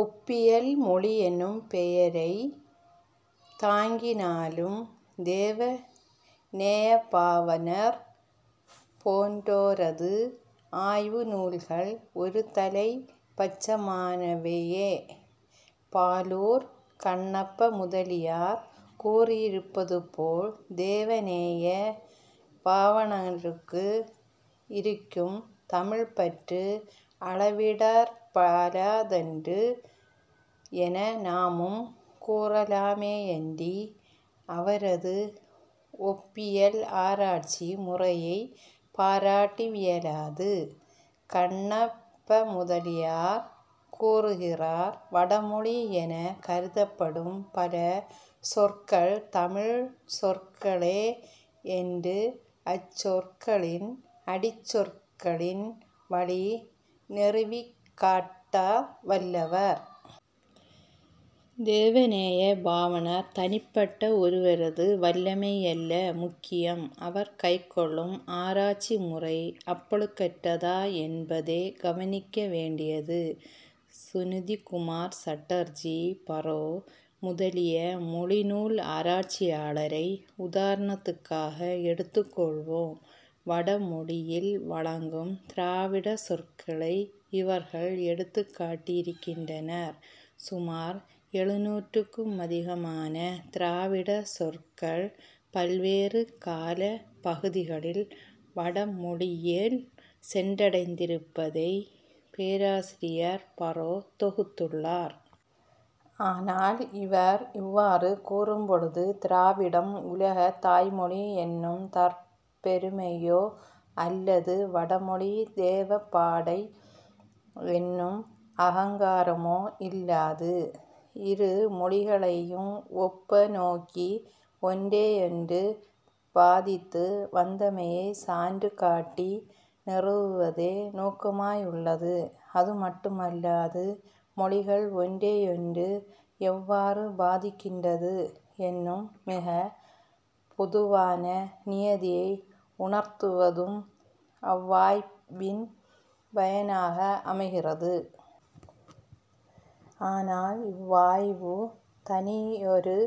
ஒப்பியல் மொழி என்னும் பெயரைத் தாங்கினாலும் தேவ நேயப்பாவாணர் போன்றோரது ஆய்வு நூல்கள் ஒரு தலைப் பட்சமானவையே. பாலூர் கண்ணப்ப முதலியார் கூறியிருப்பதுபோல் தேவநேயப் பாவாணருக்கு இருக்கும் தமிழ்ப்பற்று அளவிடற்பாலதன்று என நாமும் கூறலாமேயன்றி அவரது ஒப்பியல் ஆராய்ச்சி முறையைப் பாராட்டவியலாது. கண்ணப்பமுதலியார் கூறுகிறார் வட மொழி எனக் கருதப்படும் பல சொற்கள் தமிழ் சொற்களே என்று அச்சொற்களின் அடிச் சொற்களின் வழி நிறுவிக்காட்ட வல்லவர். தேவநேயப் பாவாணர் தனிப்பட்ட ஒருவரது வல்லமையல்ல முக்கியம், அவர் கைக்கொள்ளும் ஆராய்ச்சி முறை அப்பழுக்கற்றதா என்பதே கவனிக்க வேண்டியது. சுநிதிகுமார் சட்டர்ஜி பறோ முதலிய மொழிநூல் ஆராய்ச்சியாளரை உதாரணத்துக்காக எடுத்துக் கொள்வோம். வட மொழியில் வழங்கும் திராவிடச் சொற்களை இவர்கள் எடுத்துக் காட்டியிருக்கின்றனர் சுமார் எழுநூற்றுக்குமதிகமான திராவிடச் சொற்கள் பல்வேறு காலப் பகுதிகளில் வட மொழியிற் சென்றடைந்திருப்பதைப் பேராசிரியர் பறோ தொகுத்துள்ளார். ஆனால் இவர் இவ்வாறு கூறும் பொழுது திராவிடம் உலகத் தாய்மொழி என்னும் தற்பெருமையோ அல்லது வட மொழி தேவபாடை என்னும் அகங்காரமோ இல்லாது இருமொழிகளையும் ஒப்பநோக்கி ஒன்றையொன்று பாதித்து வந்தமையைச் சான்று காட்டி நிறுவுவதே நோக்கமாயுள்ளது. அது மட்டுமல்லாது மொழிகள் ஒன்றையொன்று எவ்வாறு பாதிக்கின்றன என்னும் மிகப் பொதுவான நியதியை உணர்த்துவதும் அவ்வாய்வின் பயனாக அமைகிறது. ஆனால் இவ்வாய்வு தனியொரு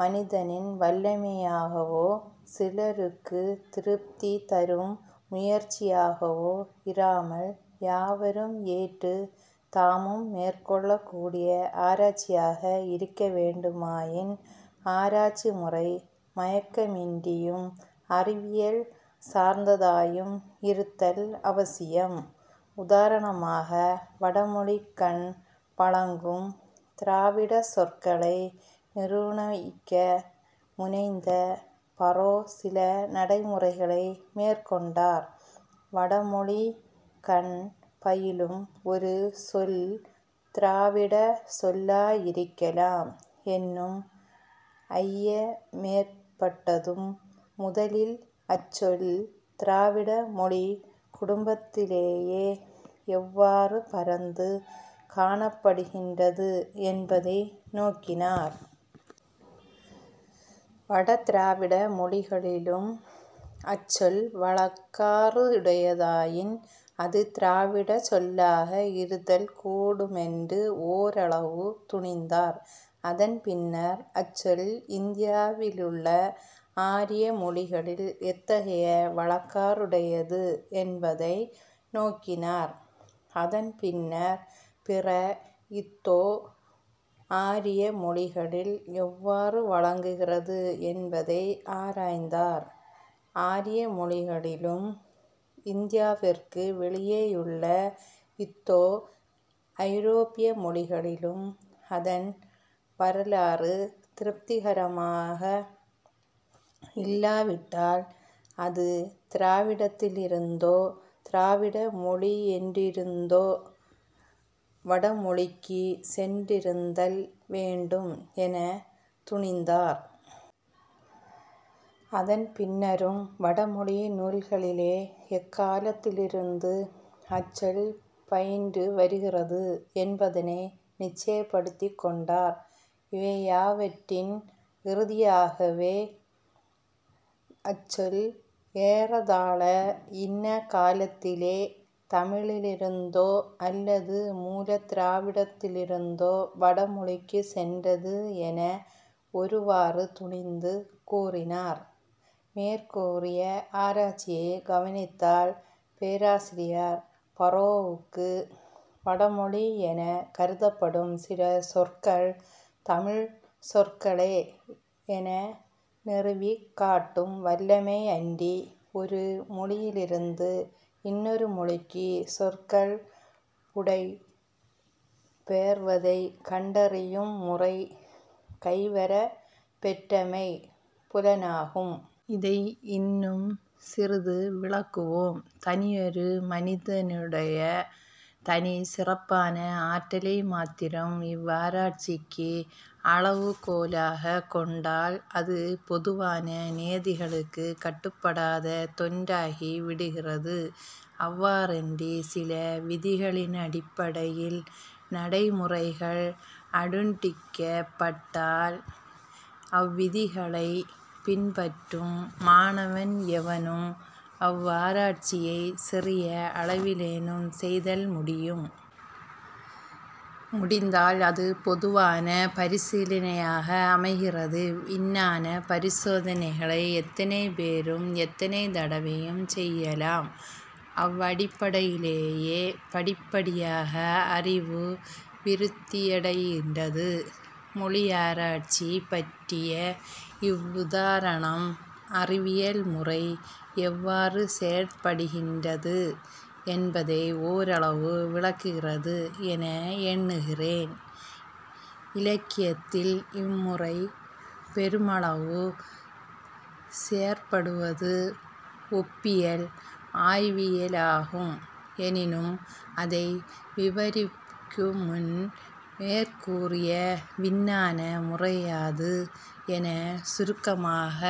மனிதரின் வல்லமையாகவோ சிலருக்குத் திருப்தி தரும் முயற்சியாகவோ இராமல் யாவரும் ஏற்றுத் தாமும் மேற்கொள்ளக்கூடிய ஆராய்ச்சியாக இருக்க வேண்டுமாயின் ஆராய்ச்சி முறை மயக்கமின்றியும் அறிவியல் சார்ந்ததாயும் இருத்தல் அவசியம். உதாரணமாக வடமொழிக்கண் வழங்கும் திராவிடச் சொற்களை நிருணயிக்க முனைந்த பறோ சில நடைமுறைகளை மேற்கொண்டார் வடமொழிக்கண் பயிலும் ஒரு சொல் திராவிடச் சொல்லாயிருக்கலாம் என்னும் ஐயமேற்பட்டதும் முதலில் அச்சொல் திராவிட மொழிக் குடும்பத்திலே எவ்வாறு பரந்து காணப்படுகின்றது என்பதனை நோக்கினார். வட திராவிட மொழிகளிலும் அச்சொல் வழக்காறுடையதாயின் அது திராவிடச் சொல்லாக இருத்தல் கூடுமென்று ஓரளவு துணிந்தார். அதன் பின்னர் அச்சொல் இந்தியாவிலுள்ள ஆரிய மொழிகளில் எத்தகைய வழக்காறுடையது என்பதனை நோக்கினார். அதன் பின்னர் பிற இந்தோ ஆரிய மொழிகளில் எவ்வாறு வழங்குகிறது என்பதை ஆராய்ந்தார். ஆரிய மொழிகளிலும் இந்தியாவிற்கு வௌியேயுள்ள இந்தோ ஐரோப்பிய மொழிகளிலும் அதன் வரலாறு திருப்திகரமாக இல்லா விட்டால் அது திராவிடத்திலிருந்தோ திராவிட மொழியொன்றிலிருந்தோ வட மொழிக்குச் சென்றிருத்தல் வேண்டும் எனத் துணிந்தார். அதன் பின்னரும் வட மொழி நூல்களிலே எக்காலத்திலிருந்து அச் சொல் பயின்று வருகிறது என்பதனை நிச்சயப்படுத்திக் கொண்டார். இவையாவற்றின் இறுதியாகவே அச் சொல் ஏறத்தாழ இன்ன காலத்திலே தமிழிலிருந்தோ அல்லது மூலத் திராவிடத்திலிருந்தோ வட மொழிக்குச் சென்றது என ஒருவாறு துணிந்து கூறினார். மேற்கூறிய ஆராய்ச்சியைக் கவனித்தால் பேராசிரியர் பறோவுக்கு வடமொழி எனக் கருதப்படும் சில சொற்கள் தமிழ்ச் சொற்களே என நிறுவிக் காட்டும் வல்லமை அன்றி ஒரு மொழியிலிருந்து இன்னொரு மொழிக்குச் சொற்கள் புடை பெயர்வதைக் கண்டறியும் முறை கைவரப் பெற்றமை புலனாகும். இதை இன்னுஞ் சிறிது விளக்குவோம். தனியொரு மனிதனுடைய தனிச் சிறப்பான ஆற்றலை மாத்திரம் இவ்வாராய்ச்சிக்கு அளவு கோலாகக் கொண்டால் அது பொதுவான நியதிகளுக்குக் கட்டுப்படாத தொன்றாகி விடுகிறது. அவ்வாறன்றிச் சில விதிகளினடிப்படையில் நடை முறைகள் அனுட்டிக்கப் பட்டால் அவ்விதிகளைப் பின்பற்றும் மாணவன் எவனும் அவ்வாராய்ச்சியைச் சிறிய அளவிலேனும் செய்தல் முடியும். முடிந்தால் அது பொதுவான பரிசீலனையாக அமைகிறது. விஞ்ஞானப் பரிசோதனைகளை எத்தனை பேரும் எத்தனை தடவையும் செய்யலாம் அவ்வடிப்படையிலேயே படிப்படியாக அறிவு விருத்தியடைகின்றது. மொழியாராய்ச்சி பற்றிய இவ்வுதாரணம் அறிவியல் முறை எவ்வாறு செயற்படுகின்றது என்பதை ஓரளவு விளக்குகிறது என எண்ணுகிறேன். இலக்கியத்தில் இம்முறை பெருமளவு செயற்படுவது ஒப்பியல் ஆய்வியலாகும் எனினும் அதை விவரிக்குமுன் மேற்கூறிய விஞ்ஞான முறையாது எனச் சுருக்கமாகக்